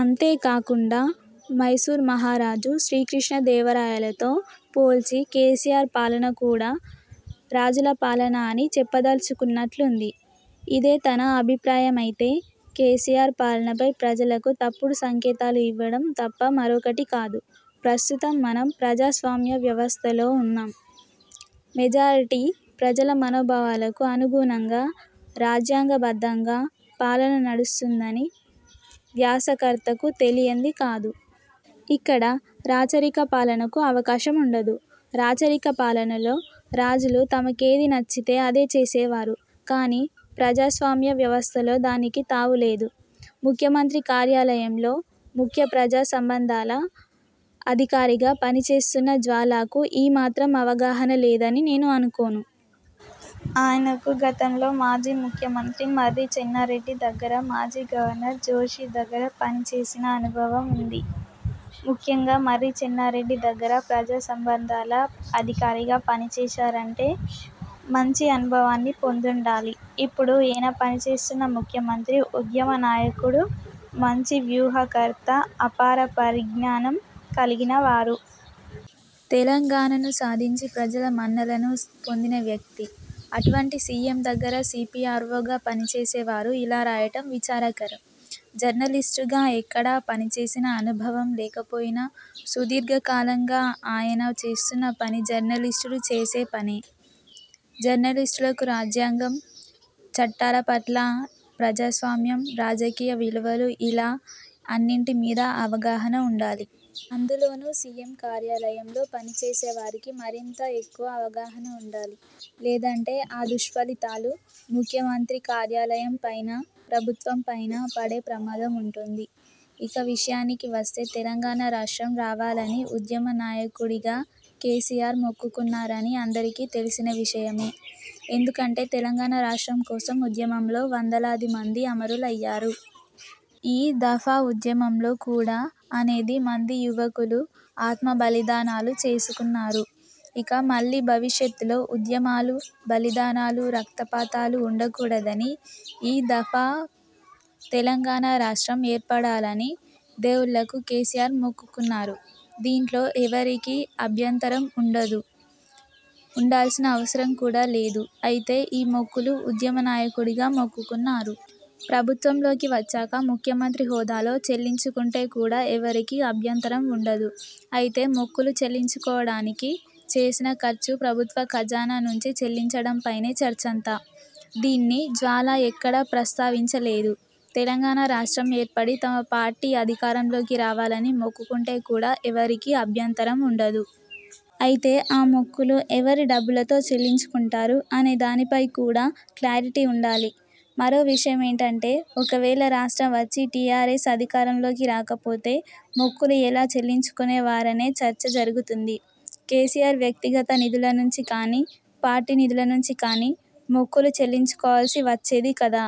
అంతే కాకుండా మైసూర్ మహారాజు, శ్రీకృష్ణ దేవరాయలతో పోల్చి కేసీఆర్ పాలన కూడా రాజుల పాలన అని చెప్పదలుచుకున్నట్లుంది. ఇదే తన అభిప్రాయమైతే కేసీఆర్ పాలనపై ప్రజలకు తప్పుడు సంకేతాలు ఇవ్వడం తప్ప మరొకటి కాదు. ప్రస్తుతం మనం ప్రజాస్వామ్య వ్యవస్థలో ఉన్నాం. మెజార్టీ ప్రజల మనోభావాలకు అనుగుణంగా రాజ్యాంగబద్ధంగా పాలన నడుస్తుందని వ్యాసకర్తకు తెలియంది కాదు. ఇక్కడ రాచరిక పాలనకు అవకాశం ఉండదు. రాచరిక పాలనలో రాజులు తమకేది నచ్చితే అదే చేసేవారు. కానీ ప్రజాస్వామ్య వ్యవస్థలో దానికి తావు లేదు. ముఖ్యమంత్రి కార్యాలయంలో ముఖ్య ప్రజా సంబంధాల అధికారిగా పని చేస్తున్న జ్వాలాకు ఈ మాత్రం అవగాహన లేదని నేను అనుకోను. ఆయనకు గతంలో మాజీ ముఖ్యమంత్రి మర్రి చెన్నారెడ్డి దగ్గర, మాజీ గవర్నర్ జోషి దగ్గర పని చేసిన అనుభవం ఉంది. ముఖ్యంగా మర్రి చెన్నారెడ్డి దగ్గర ప్రజాసంబంధాల అధికారిగా పనిచేశారంటే మంచి అనుభవాన్ని పొందుండాలి. ఇప్పుడు ఈయన పనిచేస్తున్న ముఖ్యమంత్రి ఉద్యమ నాయకుడు, మంచి వ్యూహకర్త, అపార పరిజ్ఞానం కలిగినవారు. తెలంగాణను సాధించి ప్రజల మన్ననలను పొందిన వ్యక్తి. అటువంటి సీఎం దగ్గర సీపీఆర్వోగా పనిచేసే వారు ఇలా రాయటం విచారకరం. జర్నలిస్టుగా ఎక్కడా పనిచేసిన అనుభవం లేకపోయినా, సుదీర్ఘకాలంగా ఆయన చేస్తున్న పని జర్నలిస్టులు చేసే పనే. జర్నలిస్టులకు రాజ్యాంగం, చట్టాల పట్లా, ప్రజాస్వామ్యం, రాజకీయ విలువలు ఇలా అన్నింటి మీద అవగాహన ఉండాలి. అందులోనూ సీఎం కార్యాలయంలో పనిచేసే వారికి మరింత ఎక్కువ అవగాహన ఉండాలి. లేదంటే ఆ దుష్ఫలితాలు ముఖ్యమంత్రి కార్యాలయంపైనా, ప్రభుత్వంపైనా పడే ప్రమాదముంటుంది. ఇక విషయానికి వస్తే తెలంగాణ రాష్ట్రం రావాలని ఉద్యమ నాయకు డిగా కేసీఆర్ మొక్కుకున్నారని అందరికీ తెలిసిన విషయమే. ఎందుకంటే తెలంగాణ రాష్ట్రం కోసం ఉద్యమంలో వందలాది మంది అమరులయ్యారు. ఈ దఫా ఉద్యమంలో కూడా అనేక మంది యువకులు ఆత్మబలిదానాలు చేసుకున్నారు. ఇక మళ్లీ భవిష్యత్తులో ఉద్యమాలు, బలిదానాలు, రక్తపాతాలు ఉండకూడదని ఈ ధఫా తెలంగాణ రాష్ట్రం ఏర్పడాలని దేవుళ్లకు కేసీఆర్ మొక్కుకున్నారు. దీంట్లో ఎవరికీ అభ్యంతరం ఉండదూ, ఉండాల్సిన అవసరం కూడా లేదు. అయితే ఈ మొక్కులు ఉద్యమ నాయకుడిగా మొక్కుకున్నారు. ప్రభుత్వంలోకి వచ్చాక ముఖ్యమంత్రి హోదాలో చెల్లించుకుంటే కూడా ఎవరికీ అభ్యంతరం ఉండదు. అయితే మొక్కులు చెల్లించుకోవడానికి చేసిన ఖర్చు ప్రభుత్వ ఖజానా నుంచి చెల్లించడంపైనే చర్చంతా. దీన్ని జ్వాలా ఎక్కడా ప్రస్తావించలేదు. తెలంగాణ రాష్ట్రం ఏర్పడి తమ పార్టీ అధికారంలోకి రావాలని మొక్కుకుంటే కూడా ఎవరికీ అభ్యంతరం ఉండదు. అయితే ఆ మొక్కులు ఎవరి డబ్బులతో చెల్లించుకుంటారు అనే దానిపై కూడా క్లారిటీ ఉండాలి. మరో విషయం ఏంటంటే, ఒకవేళ రాష్ట్రం వచ్చి టీఆర్ఎస్ అధికారంలోకి రాకపోతే మొక్కులు ఎలా చెల్లించుకునే వారనే చర్చ జరుగుతుంది. కేసీఆర్ వ్యక్తిగత నిధుల నుంచి కానీ, పార్టీ నిధుల నుంచి కానీ మొక్కులు చెల్లించుకోవాల్సి వచ్చేది కదా?